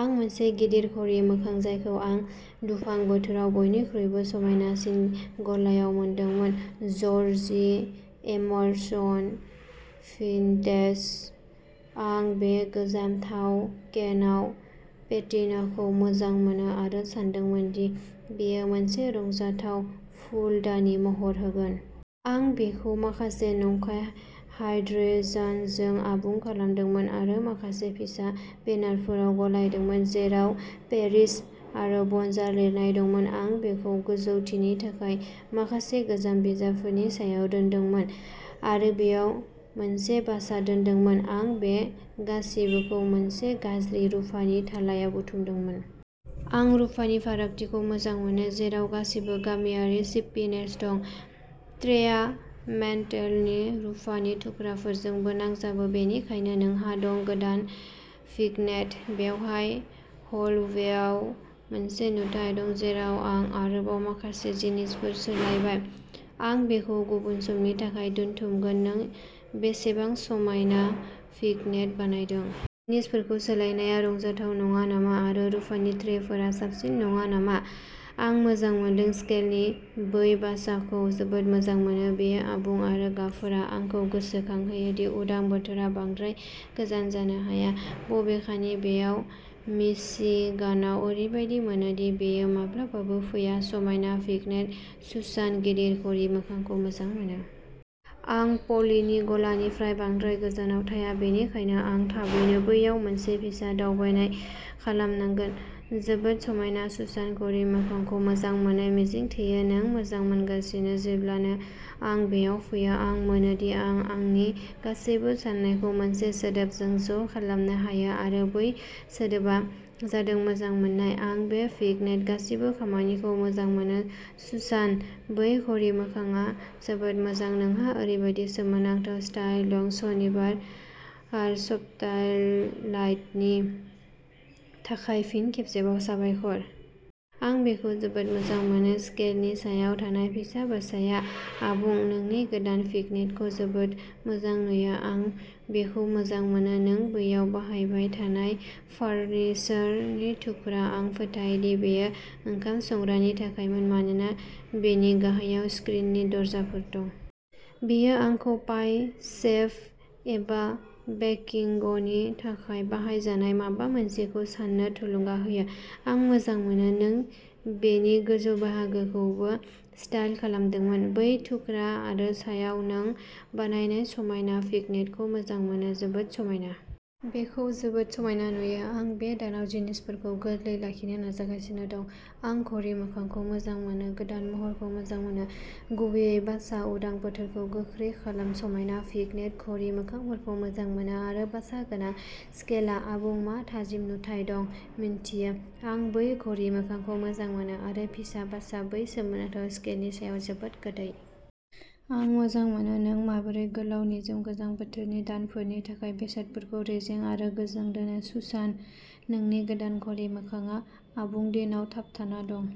आं मोनसे गिदिर घरि मोखां, जायखौ आं दुफां बोथोराव बयनिख्रुइबो समायनासिन गलायाव मोनदोंमोन, जर्जि एमारसन भिन्टेज। आं बे गोजाम थाव केनआव पेटिनाखौ मोजां मोनो आरो सानदोंमोन दि बेयो मोनसे रंजाथाव फुलदानि महर होगोन। आं बेखौ माखासे नंखाय हाइड्रेन्जजों आबुं खालामदोंमोन आरो माखासे फिसा बेनारफोराव गलायदोंमोन जेराव पेरिस आरो बनजर' लिरनाय दंमोन। आं बेखौ गोजौथिनि थाखाय माखासे गोजाम बिजाबफोरनि सायाव दोनदोंमोन आरो बेयाव मोनसे बासा दोनदोंमोन। आं बे गासिबोखौ मोनसे गाज्रि रुफानि थालायाव बुथुमदोंमोन। आं रुफानि फारागथिखौ मोजां मोनो, जेराव गासैबो गामियारि सिप्पिनेस दं। ट्रेआ मेन्टेलनि रुफानि थुख्राफोरजोंबो नांजाबो। बेनिखायनो नोंहा दं गोदान भिग्नेट। बेवहाय हलवेयाव मोनसे नुथाइ दं, जेराव आं आरोबाव माखासे जिनिसफोर सोलायबाय। आं बेखौ गुबुन समनि थाखाय दोनथुमगोन नों बेसेबां समायना भिग्नेट बानायदों। जिनिसफोरखौ सोलायनाया रंजाथाव नङा नामा आरो रुफानि ट्रेफोरा साबसिन नङा नामा? आं मोजां मोनदों। स्केलनि बै बासाखौ जोबोद मोजां मोनो। बेयो आबुं आरो गाबफोरा आंखौ गोसोखांहोयो दि उदां बोथोरा बांद्राय गोजान जानो हाया, बबेखानि बेयाव मिशिगानाव ओरैबायदि मोनो दि बेयो माब्लाबाबो फैया समायना भिग्नेट, सुसान गिदिर घरि मोखांखौ मोजां मोनो। आं पलिनि गलानिफ्राय बांद्राय गोजानाव थाया, बेनिखायनो आं थाबैनो बैयाव मोनसे फिसा दावबायनाय खालामनांगोन जोबोद समायना, सुसान घरि मोखांखौ मोजां मोनो मिजिंथियो नों मोजां मोनगासिनो जेब्लानो आं बेयाव फैयो, आं मोनो दि आं आंनि गासैबो साननायखौ मोनसे सोदोबजों ज' खालामनो हायो आरो बै सोदोबआ जादों मोजां मोननाय आं बे भिग्नेटनि गासैबो खामानिखौ मोजां मोनो, सुसान बै घरि मोखांआ जोबोद मोजां नोंहा ओरैबायदि सोमोनांथाव स्टाइल दं सनिबार आ सपटालाइटनि थाखाय फिन खेबसेबाव साबायखर। आं बेखौ जोबोद मोजां मोनो स्केलनि सायाव थानाय फिसा बासाया आबुं नोंनि गोदान भिग्नेटखौ जोबोद मोजां नुयो आं बेखौ मोजां मोनो। नों बैयाव बाहायबाय थानाय फार्निचारनि थुख्रा। आं फोथायो दि बेयो ओंखाम संग्रानि थाखायमोन, मानोना बेनि गाहायाव स्क्रिननि दरजाफोर दं। बेयो आंखौ पाइ सेफ एबा बेकिंगनि थाखाय बाहायजानाय माबा मोनसेखौ सान्नो थुलुंगा होयो। आं मोजां मोनो नों बेनि गोजौ बाहागोखौबो स्टाइल खालामदोंमोन। बै थुख्रा आरो सायाव नों बानायनाय समायना भिग्नेटखौ मोजां मोनो। जोबोद समायना। बेखौ जोबोद समायना नुयो। आं बे दानाव जिनिसफोरखौ गोरलै लाखिनो नाजागासिनो दं। आं घरि मोखांखौ मोजां मोनो गोदान महरखौ मोजां मोनो, गुबैयै बासा उदां बोथोरखौ गोख्रै खालाम समायना भिग्नेट घरि मोखांफोरखौ मोजां मोनो आरो बासा गोनां स्केलआ आबुं मा थाजिम नुथाय नों मिन्थियो आं बै घरि मोखांखौ मोजां मोनो आरो फिसा बासा बै सोमोनांथाव स्केलनि सायाव जोबोद गोदै। आं मोजां मोनो नों माबोरै गोलाव निजोम गोजां बोथोरनि दानफोरनि थाखाय बेसादफोरखौ रेजें आरो गोजों दोनो, सुसान। नोंनि गोदान घरि मोखांआ आबुं दिनाव थाबथाना दं।